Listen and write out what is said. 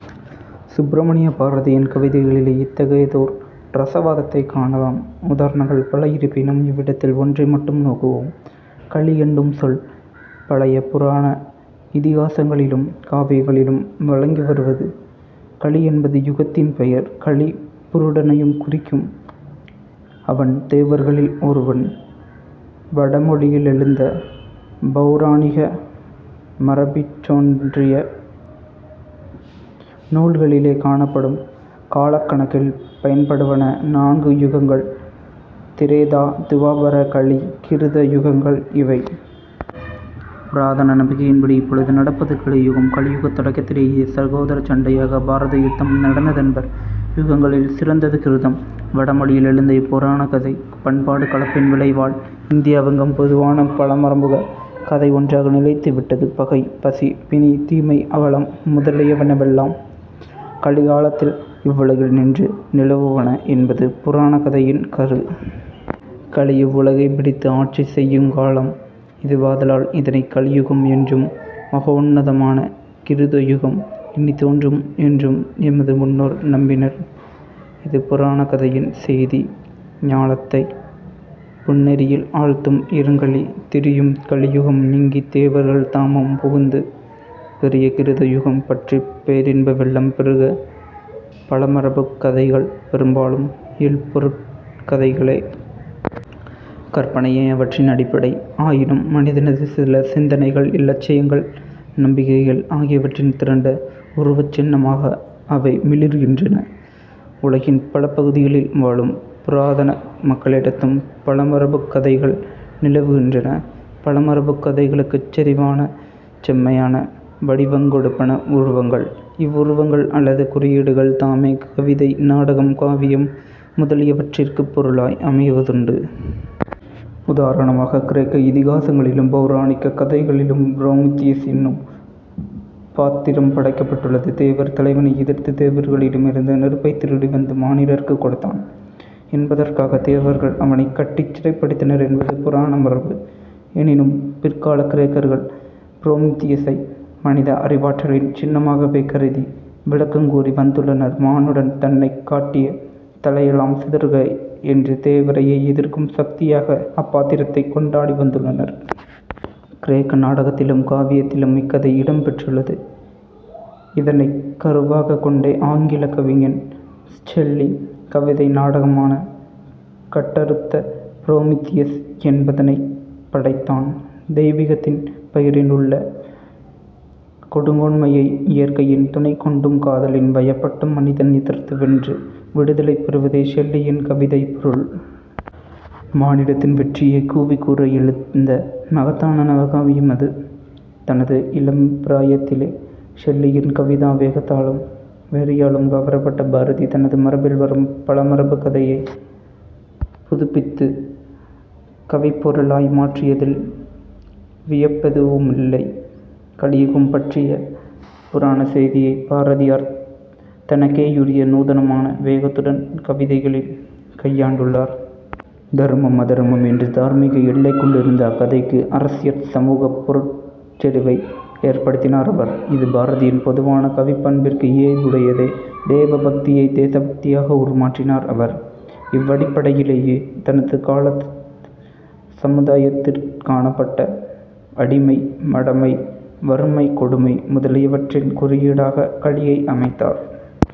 சுப்பிரமணிய பாரதியின் கவிதைகளிலே இத்தகையதோர் இரசவாதத்தைக் காணலாம். உதாரணங்கள் பல இருப்பினும், இவ்விடத்தில் ஒன்றை மட்டும் நோக்குவோம். கலி என்னும் சொல் பழைய புராண-இதிகாசங்களிலும் காவியங்களிலும் வழங்கி வருவது. கலி என்பது யுகத்தின் பெயர்; கலி புருடனையும் குறிக்கும். அவன் தேவர்களில் ஒருவன். வடமொழியி லெழுந்த பௌராணிக மரபிற்றோன்றிய நூல்களிலே காணப்படும் காலக் கணக்கில் பயன்படுவன நான்கு யுகங்கள்; திரேதா, துவாபர, கலி, கிருத, யுகங்கள் இவை. புராதன நம்பிக்கையின்படி இப்பொழுது நடப்பது கலியுகம். கலியுகத் தொடக்கத்திலேயே 'சகோதரச் சண்டையாக பாரத யுத்தம் நடந்ததென்பர். யுகங்களில் சிறந்தது கிருதம். வடமொழியிலெழுந்த இப்புராணக் கதை பண்பாடுக் கலப்பின் விளைவால் இந்தியாவெங்கும் பொதுவான பழமரபுக கதை ஒன்றாக நிலைத்து விட்டது. பகை, பசி, பிணி, தீமை, அவலம் முதலியனவெல்லாம் கலிகாலத்தில் இவ்வுலகில் நின்று நிலவுவன என்பது புராணக் கதையின் கரு. கலி இவ்வுலகைப் பிடித்து ஆட்சி செய்யுங் காலம் இதுவாதலால் இதனைக் கலியுகம் என்றும், மகோன்னதமான கிருதயுகம் இனித் தோன்றும் என்றும் எமது முன்னோர் நம்பினர்; இது புராணக் கதையின் செய்தி. "ஞாலத்தைப் புன்னெறியில் ஆழ்த்தும் இருங்கலி" "திரியும் கலியுகம் நீங்கித் தேவர்கள் தாமும் புகுந்து பெரிய கிருதயுகம் பற்றிப் பேரின்ப வெள்ளம் பெருக" பழமரபுக் கதைகள் பெரும்பாலும் இல்பொருட்கதைகளே! கற்பனையே அவற்றின் அடிப்படை. ஆயினும் மனிதனது சில சிந்தனைகள், இலட்சியங்கள், நம்பிக்கைகள் ஆகியவற்றின் திரண்ட உருவச்சின்னமாக அவை மிளிர்கின்றன. உலகின் பல பகுதிகளில் வாழும் புராதன மக்களிடத்தும் பழமரபுக் கதைகள் நிலவுகின்றன. பழமரபுக் கதைகளுக்குச் செறிவான-செம்மையான வடிவங் கொடுப்பன உருவகங்கள். இவ்வுருவகங்கள் அல்லது குறியீடுகள் தாமே கவிதை, நாடகம், காவியம் முதலியவற்றிற்குப் பொருளாய் அமைவதுண்டு. உதாரணமாகக் கிரேக்க இதிகாசங்களிலும் பௌராணிகக் கதைகளிலும் புரோமித்தியஸ் என்னும் பாத்திரம் படைக்கப்பட்டுள்ளது. தேவர் தலைவனை எதிர்த்துத் தேவர்களிடமிருந்து நெருப்பைத் திருடிவந்து மானிடர்க்குக் கொடுத்தான் என்பதற்காகத் தேவர்கள் அவனைக் கட்டிச் சிறைப்படுத்தினர் என்பது புராண மரபு. எனினும், பிற்காலக் கிரேக்கர்கள் புரோமித்தியஸை மனித அறிவாற்றலின் சின்னமாகவே கருதி விளக்கங்கூறி வந்துள்ளனர், "மானுடன் தன்னைக் காட்டிய தளையெலாம் சிதறுக" என்று தேவரையே எதிர்க்கும் சக்தியாக அப்பாத்திரத்தைக் கொண்டாடி வந்துள்ளனர். கிரேக்க நாடகத்திலும் காவியத்திலும் இக்கதை இடம் பெற்றுள்ளது. இதனைக் கருவாகக் கொண்டே ஆங்கிலக் கவிஞன் ஷெல்லி கவிதை நாடகமான கட்டறுத்த புரோமித்தியஸ் என்பதனைப் படைத்தான். தெய்விகத்தின் பெயரில் உள்ள கொடுங்கோன்மையை இயற்கையின் துணைக்கொண்டும் காதலின் வயப்பட்டும் மனிதன் எதிர்த்து வென்று விடுதலை பெறுவதே ஷெல்லியின் கவிதைப் பொருள். மானிடத்தின் வெற்றியைக் கூவிக் கூற எழுந்த மகத்தான நவகாவியம் அது. தனது இளம் பிராயத்திலே ஷெல்லியின் கவிதா வேகத்தாலும் வெறியாலும் கவரப்பட்ட பாரதி, தனது மரபில் வரும் பழமரபுக் கதையைப் புதுப்பித்துக் கவிப் பொருளாய் மாற்றியதில் வியப்பெதுவுமில்லை. கலியுகம்பற்றிய புராணச் செய்தியைப் பாரதியார் தனக்கேயுரிய நூதனமான வேகத்துடன் கவிதைகளில் கையாண்டுள்ளார். தருமம் அதருமம் என்ற தார்மீக எல்லைக்குள்ளிருந்த அக்கதைக்கு, அரசியற்-சமூகப் பொருட் செறிவை ஏற்படுத்தினார் அவர். இது பாரதியின் பொதுவான கவிப்பண்பிற்கு இயைபுடையதே. தெய்வ பக்தியைத் தேச பக்தியாக உருமாற்றினார் அவர். இவ்வடிப்படையிலேயே, தனது காலத்துச் சமுதாயத்திற் காணப்பட்ட அடிமை, மடமை, வறுமை, கொடுமை முதலியவற்றின் குறியீடாகக் கலியை அமைத்தார்.